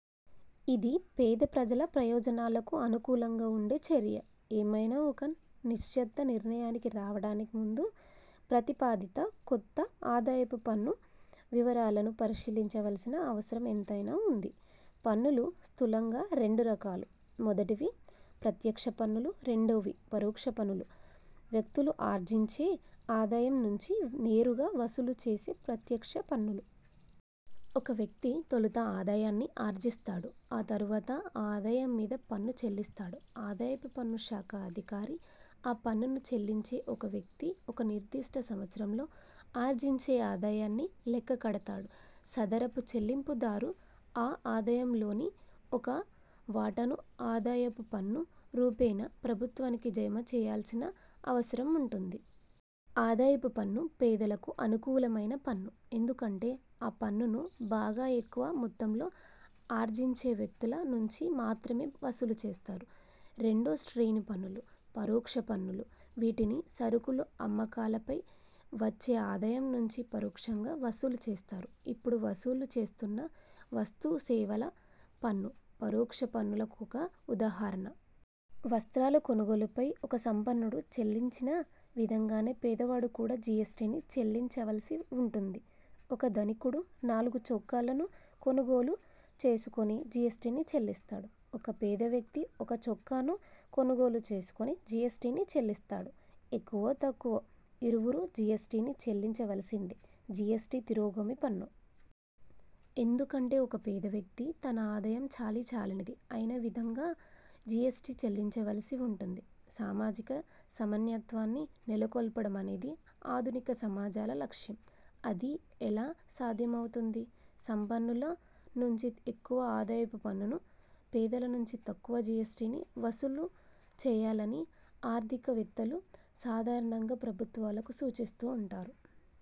ఇది, పేద ప్రజల ప్రయోజనాలకు అనుకూలంగా ఉండే చర్య. ఏమైనా ఒక నిశ్చిత నిర్ణయానికి రావడానికి ముందు ప్రతిపాదిత కొత్త ఆదాయపు పన్ను వివరాలను పరిశీలించవల్సిన అవసరం ఎంతైనా ఉన్నది. పన్నులు స్థూలంగా రెండు రకాలు. మొదటివి ప్రత్యక్ష పన్నులు; రెండోవి పరోక్ష పన్నులు. వ్యక్తులు ఆర్జించే ఆదాయం నుంచి నేరుగా వసూలు చేసేవి 'ప్రత్యక్ష పన్నులు'. ఒక వ్యక్తి తొలుత ఆదాయాన్ని ఆర్జిస్తాడు; ఆ తరువాత ఆ ఆదాయం మీద పన్ను చెల్లిస్తాడు. ఆదాయపు పన్ను శాఖ అధికారి ఆ పన్నును చెల్లించే ఒక వ్యక్తి ఒక నిర్దిష్ట సంవత్సరంలో ఆర్జించే ఆదాయాన్ని లెక్క కడతాడు. సదరపూ చెల్లింపుదారు ఆ ఆదాయంలోని ఒక వాటాను ఆదాయపు పన్ను రూపేణా ప్రభుత్వానికి జమ చేయవలసిన అవసరం ఉంటుంది. ఆదాయపు పన్ను పేదలకు అనుకూలమైన పన్ను. ఎందుకంటే ఆ పన్నును బాగా ఎక్కువ మొత్తంలో ఆర్జించే వ్యక్తుల నుంచి మాత్రమే వసూలు చేస్తారు. రెండో శ్రేణి పన్నులు – 'పరోక్ష పన్నులు'. వీటిని సరుకుల అమ్మకాలపై వచ్చే ఆదాయం నుంచి పరోక్షంగా వసూలు చేస్తారు. ఇప్పుడు వసూలు చేస్తున్న వస్తుసేవల పన్ను పరోక్ష పన్నులకొక ఉదాహరణ. వస్త్రాల కొనుగోలుపై ఒక సంపన్నుడు చెల్లించిన విధంగానే పేదవాడు కూడా జీఎస్టీని చెల్లించవలసి వుంటుంది. ఒక ధనికుడు నాలుగు చొక్కాలను కొనుగోలు చేసుకొని జీఎస్టీ చెల్లిస్తాడు. ఒక పేదవ్యక్తి ఒక చొక్కాను కొనుగోలు చేసుకొని జీఎస్టీ చెల్లిస్తాడు. ఎక్కువో తక్కువో ఇరువురూ జీఎస్టీని చెల్లించవలసిందే. జీఎస్టీ తిరోగామి పన్ను. ఎందుకంటే ఒక పేద వ్యక్తి తన ఆదాయం చాలీచాలనిది అయినా విధంగా జీఎస్టీ చెల్లించవలసి వుంటుంది. సామాజిక సమానత్వాన్ని నెలకొల్పడమనేది ఆధునిక సమాజాల లక్ష్యం. అది ఎలా సాధ్యమవుతుంది? సంపన్నుల నుంచి ఎక్కువ ఆదాయపు పన్నును, పేదల నుంచి తక్కువ జీఎస్టీని వసూలు చేయాలని ఆర్థికవేత్తలు సాధారణంగా ప్రభుత్వాలకు సూచిస్తుంటారు.